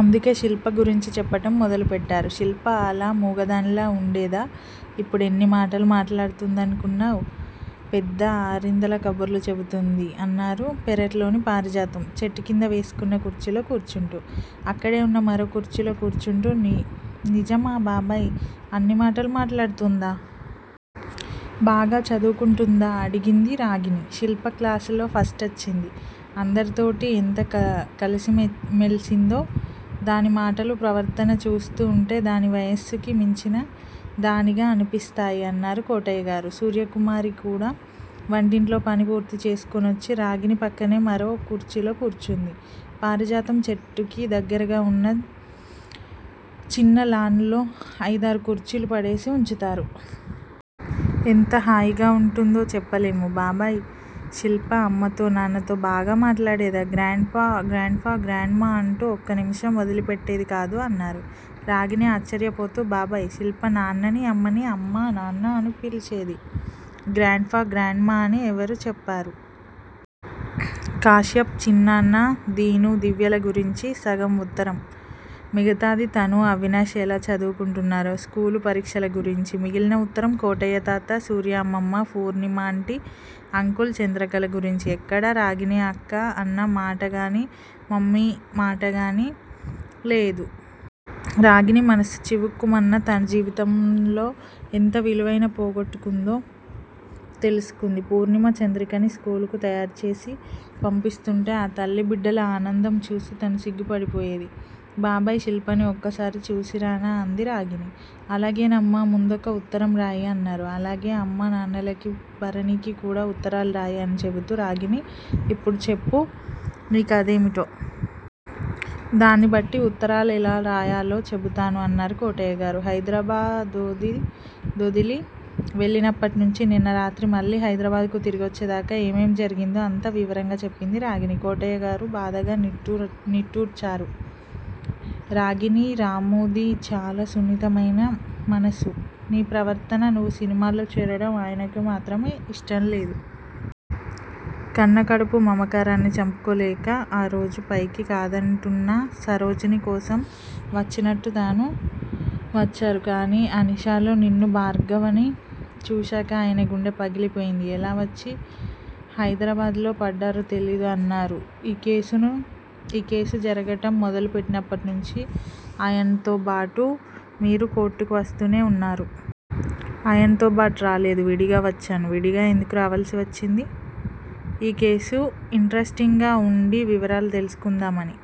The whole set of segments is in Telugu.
అందుకే శిల్ప గురించి చెప్పటం మొదలెట్టారు. శిల్ప అలా మూగదానిలా వుండేదా, ఇప్పుడెన్ని మాటలు మాట్లాడుతుందనుకున్నావ్? పెద్ద ఆరిందలా కబుర్లు చెబుతుంది. అన్నారు పెరట్లోని పారిజాతం చెట్టుకింద వేసుకున్న కుర్చీలో కూర్చుంటూ. అక్కడే వున్న మరో కుర్చీలో కూర్చుంటూ నిజమా బాబాయ్! అన్ని మాటలు మాట్లాడుతోందా? బాగా చదువుకుంటుందా అడిగింది రాగిణి. శిల్ప క్లాసులో ఫస్టొచ్చింది. అందరితోటీ ఎంత కలిసిమెల్సిందో! దాని మాటలూ ప్రవర్తనా చూస్తూ వుంటే దాని వయస్సుకి మించిన దానిగా అనిపిస్తాయి! అన్నారు కోటయ్యగారు. సూర్యకుమారి కూడా వంటింట్లో పని పూర్తిచేసుకొనొచ్చి, రాగిణి పక్కనే మరో కుర్చీలో కూర్చుంది. పారిజాతం చెట్టుకి దగ్గరగా వున్న చిన్న లాన్ లో అయిదారు కుర్చీలు పడేసి వుంచుతారు. ఎంత హాయిగా వుంటుందో చెప్పలేము! బాబాయ్! శిల్ప అమ్మతో, నాన్నతో బాగా మాట్లాడేదా? గ్రాండ్ పా గ్రాండ్ మా అంటూ ఒక్క నిమిషం ఒదిలిపెట్టేది కాదు అన్నారు. రాగిణి ఆశ్చర్యపోతూ, బాబాయ్! శిల్ప నాన్ననీ అమ్మనీ అమ్మా నాన్నా అనే పిలిచేది. గ్రాండ్ పా గ్రాండ్ మా అని ఎవరు చెప్పారు? కాశ్యప్ చిన్నాన్నా, దీను, దివ్యల గురించి సగం వుత్తరం. మిగతాది తనూ అవినాష్ ఎలా చదువుకుంటున్నారో, స్కూలూ, పరీక్షల గురించి. మిగిలిన ఉత్తరం, కోటయ్యతాతా, సూర్య అమ్మమ్మ, ఫూర్ణిమా ఆంటీ, అంకుల్, చంద్రకళ గురించి. ఎక్కడా రాగిణి అక్క అన్న మాటగాని, మమ్మీ అన్న మాటగానీ లేదు. రాగిణి మనస్సు చివుక్కుమన్నా, తాను జీవితంలో ఎంత విలువైనవి పోగొట్టుకుందో తెలుసుకుంది. పూర్ణిమ, చంద్రికని స్కూలుకి తయారుచేసి పంపిస్తుంటే, ఆ తల్లీ బిడ్డల ఆనందం చూసి తను సిగ్గుపడిపోయింది. బాబాయ్! శిల్పని ఒకసారి చూసిరానా? అంది రాగిణి. అలాగేనమ్మా! ముందొక ఉత్తరం రాయి అన్నారు. అలాగే అమ్మా నాన్నలకీ, భరణికీ కూడా ఉత్తరాలు రాయి అని చెబుతూ రాగిణీ ఇప్పుడు చెప్పు, నీ కేథేమిటో? దాన్ని బట్టి ఉత్తరాలెలా రాయాలో చెబుతాను అన్నారు కోటయ్యగారు. హైదరాబాదొదిలి వెళ్ళినప్పటినుంచి, నిన్నరాత్రి మళ్ళీ హైదరాబాదుకి తిరిగొచ్చేదాకా ఏమేమి జరిగిందో అంతా వివరంగా చెప్పింది రాగిణి. కోటయ్యగారు బాధగా నిట్టూర్చారు. రాగిణీ, రామూది చాలా సున్నితమైన మనస్సు. నీ ప్రవర్తనా నువ్వు సినిమాల్లో చేరడం ఆయనకే మాత్రం ఇష్టంలేదు. కన్న కడుపు మమకారాన్ని చంపుకోలేక ఆ రోజు పైకి కాదంటున్నా సరోజిని కోసం వచ్చినట్టు తాను వచ్చారు. కానీ ఆ నిషాలో నిన్నూ భార్గవనీ చూశాక, ఆయన గుండె పగిలిపోయింది. ఎలా వొచ్చి హైదరాబాద్ లో పడ్డారో తెలీదు అన్నారు. ఈ కేసు జరగటం మొదలుపెట్టినప్పట్నుంచీ ఆయన్తోబాటు మీరు కోర్టుకు వస్తూనే వున్నారు? ఆయన్తోబాటు రాలేదు. విడిగా వచ్చాను. విడిగా ఎందుకు రావల్సి వచ్చింది? ఈ కేసు యింటరెస్టింగ్ గా వుండి, వివరాలు తెలుసుకుందామని.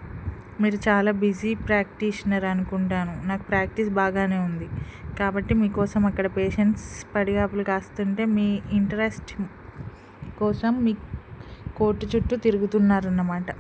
మీరు చాలా బిజీ ప్రాక్టీషనర్ అనుకుంటాను. నాకు ప్రాక్టీస్ బాగానే వుంది. కాబట్టి మీకోసం అక్కడ పేషెంట్స్ పడిగాపులు కాస్తుంటే మీ యింటరెస్ట్ కోసం మీ కోర్టుచుట్టూ తిరుగుతున్నారన్నమాట.